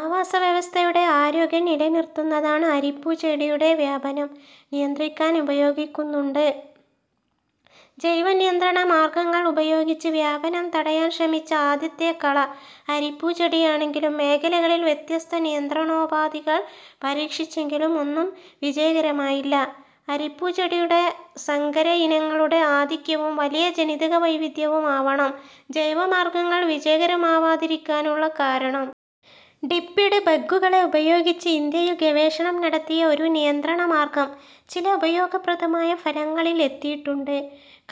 ആവാസവ്യവസ്ഥയുടെ ആരോഗ്യം നിലനിർത്തുന്നതാണ് അരിപ്പൂച്ചെടിയുടെ വ്യാപനം നിയന്ത്രിക്കാൻ ഏറ്റവും ഫലപ്രദമായ മാർഗം. കീടങ്ങളും ജൈവ നിയന്ത്രണ മാർഗങ്ങളും അരിപ്പൂച്ചെടിയുടെ വ്യാപനം നിയന്ത്രിക്കാൻ ഉപയോഗിക്കുന്നുണ്ട്. ജൈവ നിയന്ത്രണമാർഗങ്ങൾ ഉപയോഗിച്ച് വ്യാപനം തടയാൻ ശ്രമിച്ച ആദ്യത്തെ കള അരിപ്പൂച്ചെടിയാണെങ്കിലും മേഖലകളിൽ വ്യത്യസ്ത നിയന്ത്രണോപാധികൾ പരീക്ഷിച്ചെങ്കിലും ഒന്നും വിജയകരമായില്ല. അരിപ്പൂച്ചെടിയുടെ സങ്കരയിനങ്ങളുടെ ആധിക്യവും വലിയ ജനിതകവൈവിധ്യവുമാവണം ജൈവ മാർഗങ്ങൾ വിജയകരമാവാതിരിക്കാനുള്ള കാരണം. ടിപ്പിഡ് ബഗ്ഗുകളെ ഉപയോഗിച്ച് ഇന്ത്യയിൽ ഗവേഷണം നടത്തിയ ഒരു നിയന്ത്രണ മാർഗം ചില ഉപയോഗപ്രദമായ ഫലങ്ങളിൽ എത്തിയിട്ടുണ്ട്.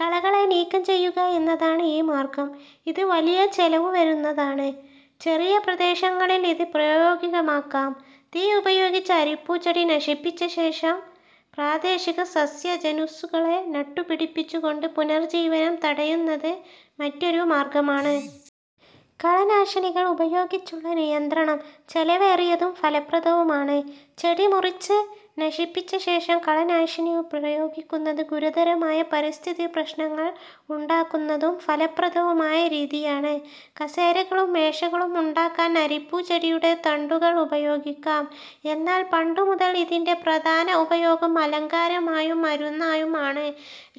കളകളെ നീക്കം ചെയ്യുക എന്നതാണ് ഈ മാർഗം. ഇത് വലിയ ചെലവു വരുന്നതാണ്. ചെറിയ പ്രദേശങ്ങളിൽ ഇത് പ്രായോഗികമാക്കാം. തീ ഉപയോഗിച്ച് അരിപ്പൂച്ചെടി നശിപ്പിച്ചശേഷം പ്രാദേശിക സസ്യജനുസ്സുകളെ നട്ടുപിടിപ്പിച്ചുകൊണ്ട് പുനർജീവനം തടയുന്നത് മറ്റൊരു മാർഗ്ഗമാണ്. കളനാശിനികൾ ഉപയോഗിച്ചുള്ള നിയന്ത്രണം ചെലവേറിയതും ഫലപ്രദവുമാണ്. ചെടി മുറിച്ച് നശിപ്പിച്ചശേഷം കളനാശിനി പ്രയോഗിക്കുന്നത് ഗുരുതരമായ പരിസ്ഥിതി പ്രശ്നങ്ങൾ ഉണ്ടാക്കുന്നതും ഫലപ്രദവുമായ രീതിയാണ്. കസേരകളും മേശകളും ഉണ്ടാക്കാൻ അരിപ്പൂച്ചെടിയുടെ തണ്ടുകൾ ഉപയോഗിക്കാം. എന്നാൽ പണ്ടുമുതൽ ഇതിന്റെ പ്രധാന ഉപയോഗം അലങ്കാരമായും മരുന്നായും ആണ്.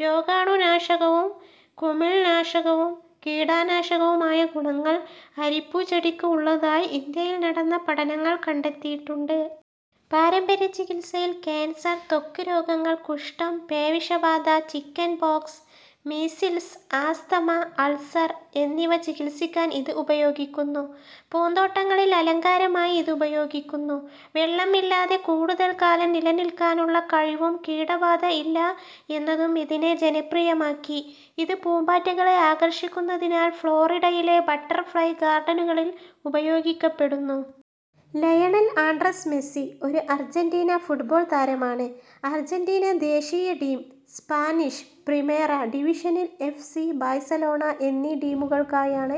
രോഗാണു നാശകവും, കുമിൾനാശകവും, കീടനാശകവുമായ ഗുണങ്ങൾ അരിപ്പൂച്ചെടിക്ക് ഉള്ളതായി ഇന്ത്യയിൽ നടന്ന പഠനങ്ങൾ കണ്ടെത്തിയിട്ടുണ്ട്. പാരമ്പര്യ ചികിത്സയിൽ കാൻസർ, ത്വഗ്രോഗങ്ങൾ, കുഷ്ഠം, പേവിഷബാധ, ചിക്കൻപോക്സ്, മീസിൽസ്, ആസ്ത്മ, അൾസർ എന്നിവ ചികിത്സിക്കാൻ ഇത് ഉപയോഗിക്കുന്നു. പൂന്തോട്ടങ്ങളിൽ അലങ്കാരമായി ഇത് ഉപയോഗിക്കുന്നു. വെള്ളം ഇല്ലാതെ കൂടുതൽ കാലം നിലനിൽക്കാനുള്ള കഴിവും, കീടബാധ ഇല്ല എന്നതും ഇതിനെ ജനപ്രിയമാക്കി.. ഇത് പൂമ്പാറ്റകളെ ആകർഷിക്കുന്നതിനാൽ ഫ്ലോറിഡയിലെ ബട്ടർഫ്ലൈ ഗാർഡനുകളിൽ ഉപയോഗിക്കപ്പെടുന്നു. ലയണൽ ആൻഡ്രെസ് മെസ്സി ഒരു അർജെന്റീന ഫുട്ബോൾ താരമാണ്. അർജന്റീന ദേശീയ ടീം, സ്പാനിഷ് പ്രിമേറ ഡിവിഷനിൽ എഫ്. സി. ബാഴ്സലോണ എന്നീ ടീമുകൾക്കായാണ്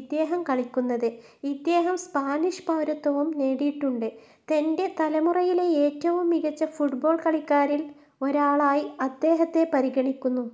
ഇദ്ദേഹം കളിക്കുന്നത്. ഇദ്ദേഹം സ്പാനിഷ് പൗരത്വവും നേടിയിട്ടുണ്ട്. തന്റെ തലമുറയിലെ ഏറ്റവും മികച്ച ഫുട്ബോൾ കളിക്കാരിൽ ഒരാളായി അദ്ദേഹത്തെ പരിഗണിക്കുന്നു.